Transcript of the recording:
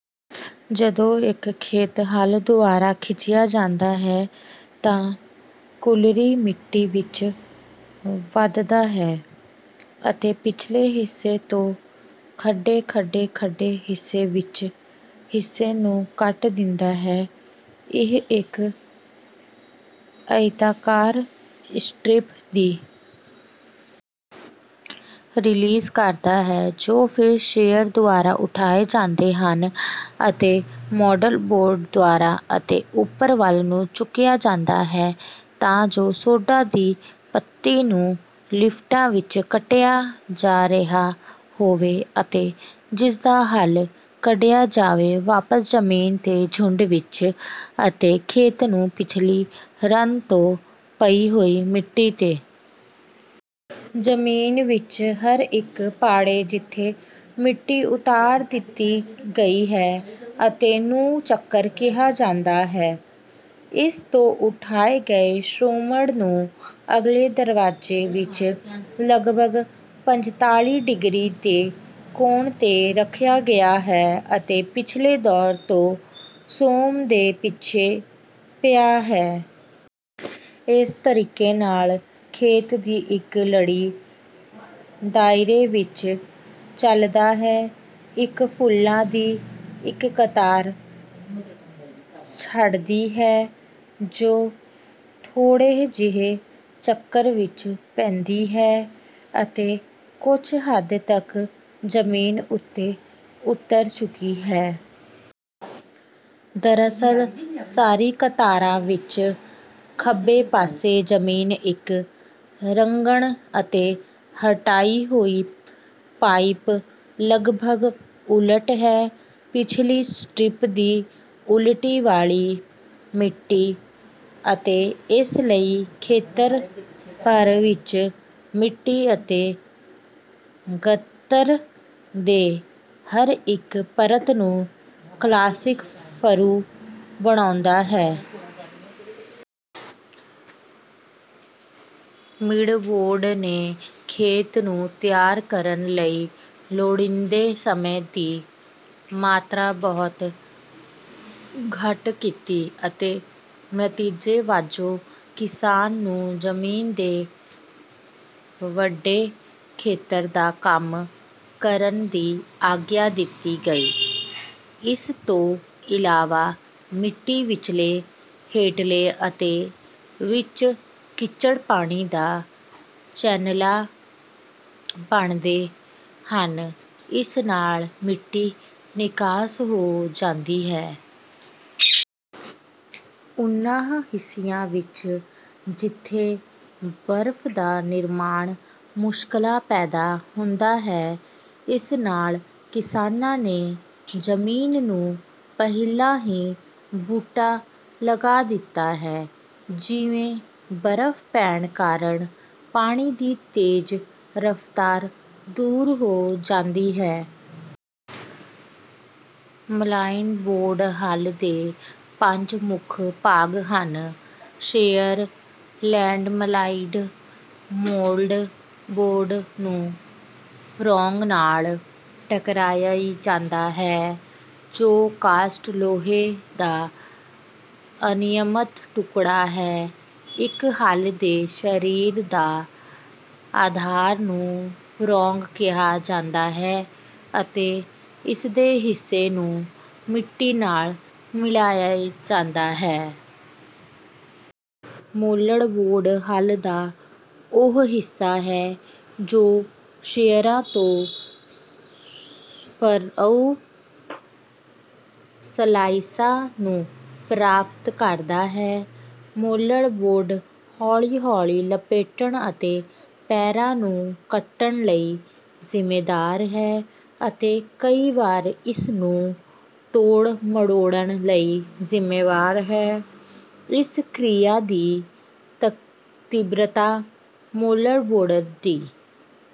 ਜਦੋਂ ਇੱਕ ਖੇਤ ਹਲ ਦੁਆਰਾ ਖਿੱਚਿਆ ਜਾਂਦਾ ਹੈ ਤਾਂ ਕੂਲਰ ਮਿੱਟੀ ਵਿੱਚ ਵੱਢਦਾ ਹੈ ਅਤੇ ਪਿਛਲੇ ਹਿੱਸੇ ਤੋਂ ਖੜ੍ਹੇ ਖੜ੍ਹੇ ਖੜ੍ਹੇ ਹਿੱਸੇ ਵਿੱਚ ਹਿੱਸੇ ਨੂੰ ਕੱਟ ਦਿੰਦਾ ਹੈ। ਇਹ ਇੱਕ ਆਇਤਾਕਾਰ ਸਟਰਿੱਪ ਦੀ ਰਿਲੀਜ਼ ਕਰਦਾ ਹੈ ਜੋ ਫਿਰ ਸ਼ੇਅਰ ਦੁਆਰਾ ਉਠਾਏ ਜਾਂਦੇ ਹਨ ਅਤੇ ਮੋਲਡਬੋਰਡ ਦੁਆਰਾ ਅਤੇ ਉੱਪਰ ਵੱਲ ਨੂੰ ਚੁੱਕਿਆ ਜਾਂਦਾ ਹੈ ਤਾਂ ਜੋ ਸੋਢਾ ਦੀ ਪੱਤੀ ਨੂੰ ਲਿਫਟਾਂ ਵਿੱਚ ਕੱਟਿਆ ਜਾ ਰਿਹਾ ਹੋਵੇ ਅਤੇ ਜਿਸਦਾ ਹਲ ਕੱਢਿਆ ਜਾਵੇ ਵਾਪਸ ਜ਼ਮੀਨ ਤੇ ਝੁੰਡ ਵਿੱਚ ਅਤੇ ਖੇਤ ਨੂੰ ਪਿਛਲੀ ਰਨ ਤੋਂ ਪਈ ਹੋਈ ਮਿੱਟੀ ਤੇ। ਜ਼ਮੀਨ ਵਿੱਚ ਹਰ ਇੱਕ ਪਾੜੇ ਜਿੱਥੇ ਮਿੱਟੀ ਉਤਾਰ ਦਿੱਤੀ ਗਈ ਹੈ ਅਤੇ ਨੂੰ ਚੱਕਰ ਕਿਹਾ ਜਾਂਦਾ ਹੈ। ਇਸ ਤੋਂ ਉਠਾਏ ਗਏ ਸੋਮੜ ਨੂੰ ਅਗਲੇ ਦਰਵਾਜ਼ੇ ਵਿੱਚ ਲਗਭਗ ਪੰਜਤਾਲੀ ਡਿਗਰੀ ਦੇ ਕੋਣ ਤੇ ਰੱਖਿਆ ਗਿਆ ਹੈ ਅਤੇ ਪਿਛਲੇ ਦੌਰੇ ਤੋਂ ਸੋਮ ਦੇ ਪਿੱਛੇ ਪਿਆ ਹੈ। ਇਸ ਤਰੀਕੇ ਨਾਲ ਖੇਤ ਦੀ ਇੱਕ ਲੜੀ ਦਾਇਰੇ ਵਿੱਚ ਚਲਦਾ ਹੈ ਇੱਕ ਫੁੱਲਾਂ ਦੀ ਇੱਕ ਕਤਾਰ ਛੱਡਦੀ ਹੈ ਜੋ ਥੋੜ੍ਹੇ ਜਿਹੇ ਚੱਕਰ ਵਿੱਚ ਪੈਂਦੀ ਹੈ ਅਤੇ ਕੁਝ ਹੱਦ ਤੱਕ ਜ਼ਮੀਨ ਉੱਤੇ ਉਤਰ ਚੁੱਕੀ ਹੈ। ਦਰਅਸਲ ਸਾਰੀ ਕਤਾਰਾਂ ਵਿੱਚ ਖੱਬੇ ਪਾਸੇ ਜ਼ਮੀਨ ਇੱਕ ਕੰਗਣ ਅਤੇ ਹਟਾਈ ਹੋਈ ਪਈਪ ਲਗਭਗ ਉਲਟ ਹੈ ਪਿਛਲੀ ਸਟਰਿਪ ਦੀ ਉਲਟੀ ਵਾਲੀ ਮਿੱਟੀ ਅਤੇ ਇਸ ਲਈ ਖੇਤਰ ਭਰ ਵਿੱਚ। ਮਿੱਟੀ ਅਤੇ ਗਤਰ ਦੇ ਹਰ ਇੱਕ ਪਰਤ ਨੂੰ ਕਲਾਸਿਕ ਫਰੂ ਬਣਾਉਦਾ ਹੈ। ਮਿੱਡ ਬੋਰਡ ਨੇ ਖੇਤ ਨੂੰ ਤਿਆਰ ਕਰਨ ਲਈ ਲੋੜੀਂਦੇ ਸਮੇਂ ਦੀ ਮਾਤਰਾ ਬਹੁਤ ਘੱਟ ਕੀਤੀ ਅਤੇ ਨਤੀਜੇ ਵਜੋਂ ਕਿਸਾਨ ਨੂੰ ਜ਼ਮੀਨ ਦੇ ਵੱਡੇ ਖੇਤਰ ਦਾ ਕੰਮ ਕਰਨ ਦੀ ਆਗਿਆ ਦਿੱਤੀ ਗਈ। ਇਸ ਤੋਂ ਇਲਾਵਾ ਮਿੱਟੀ ਵਿੱਚਲੇ ਹੇਠਲੇ ਅਤੇ ਉੱਚ ਚਿੱਕੜ ਪਾਣੀ ਦਾ ਚੈਨਲਾਂ ਬਣਦੇ ਹਨ ਜਿਸ ਨਾਲ ਮਿੱਟੀ ਨਿਕਾਸ ਹੋ ਜਾਂਦੀ ਹੈ। ਉਨ੍ਹਾਂ ਹਿੱਸਿਆਂ ਵਿੱਚ ਜਿੱਥੇ ਬਰਫ ਦਾ ਨਿਰਮਾਣ ਮੁਸ਼ਕਲਾਂ ਪੈਦਾ ਹੁੰਦਾ ਹੈ ਇਸ ਨਾਲ ਕਿਸਾਨਾਂ ਨੇ ਜ਼ਮੀਨ ਨੂੰ ਪਹਿਲਾਂ ਹੀ ਬੂਟਾ ਲਗਾ ਦਿੱਤਾ ਹੈ ਜਿਵੇਂ ਬਰਫ ਪੈਣ ਕਾਰਨ ਪਾਣੀ ਦੀ ਤੇਜ਼ ਰਫਤਾਰ ਦੂਰ ਹੋ ਜਾਂਦੀ ਹੈ। ਮਲਾਈਡਬੋਰਡ ਹਲ ਦੇ ਪੰਜ ਮੁੱਖ ਭਾਗ ਹਨ ਸ਼ੇਅਰ ਲੈਂਡਸਾਈਡ ਮੋਲਡ ਬੋਰਡ ਨੂੰ ਫਰੌਗ ਨਾਲ ਟਕਰਾਇਆ ਜਾਂਦਾ ਹੈ ਜੋ ਕਾਸਟ ਲੋਹੇ ਦਾ ਅਨਿਯਮਤ ਟੁਕੜਾ ਹੈ। ਇੱਕ ਹਲ ਦੇ ਸ਼ਰੀਰ ਦਾ ਅਧਾਰ ਨੂੰ ਫਰੌਗ ਕਿਹਾ ਜਾਂਦਾ ਹੈ ਅਤੇ ਇਸਦੇ ਹਿੱਸੇ ਨੂੰ ਮਿੱਟੀ ਨਾਲ ਮਿਲਾਇਆ ਜਾਂਦਾ ਹੈ। ਮੋਲਡਬੋਰਡ ਹਲ ਦਾ ਉਹ ਹਿੱਸਾ ਹੈ ਜੋ ਸ਼ੇਅਰਾਂ ਤੋਂ ਫਰਓ ਸਲਾਇਸਾਂ ਨੂੰ ਪ੍ਰਾਪਤ ਕਰਦਾ ਹੈ। ਮੋਲਡਬੋਰਡ ਹੌਲੀ ਹੌਲੀ ਲਪੇਟਣ ਅਤੇ ਪੈਰਾਂ ਨੂੰ ਕੱਟਣ ਲਈ ਜ਼ਿੰਮੇਵਾਰ ਹੈ ਅਤੇ ਕਈ ਵਾਰ ਇਸ ਨੂੰ ਤੋੜ ਮਰੋੜਨ ਲਈ ਜ਼ਿੰਮੇਵਾਰ ਹੈ। ਇਸ ਕਿਰਿਆ ਦੀ ਤੀਬਰਤਾ ਮੋਲਡਬੋਰਡ ਦੀ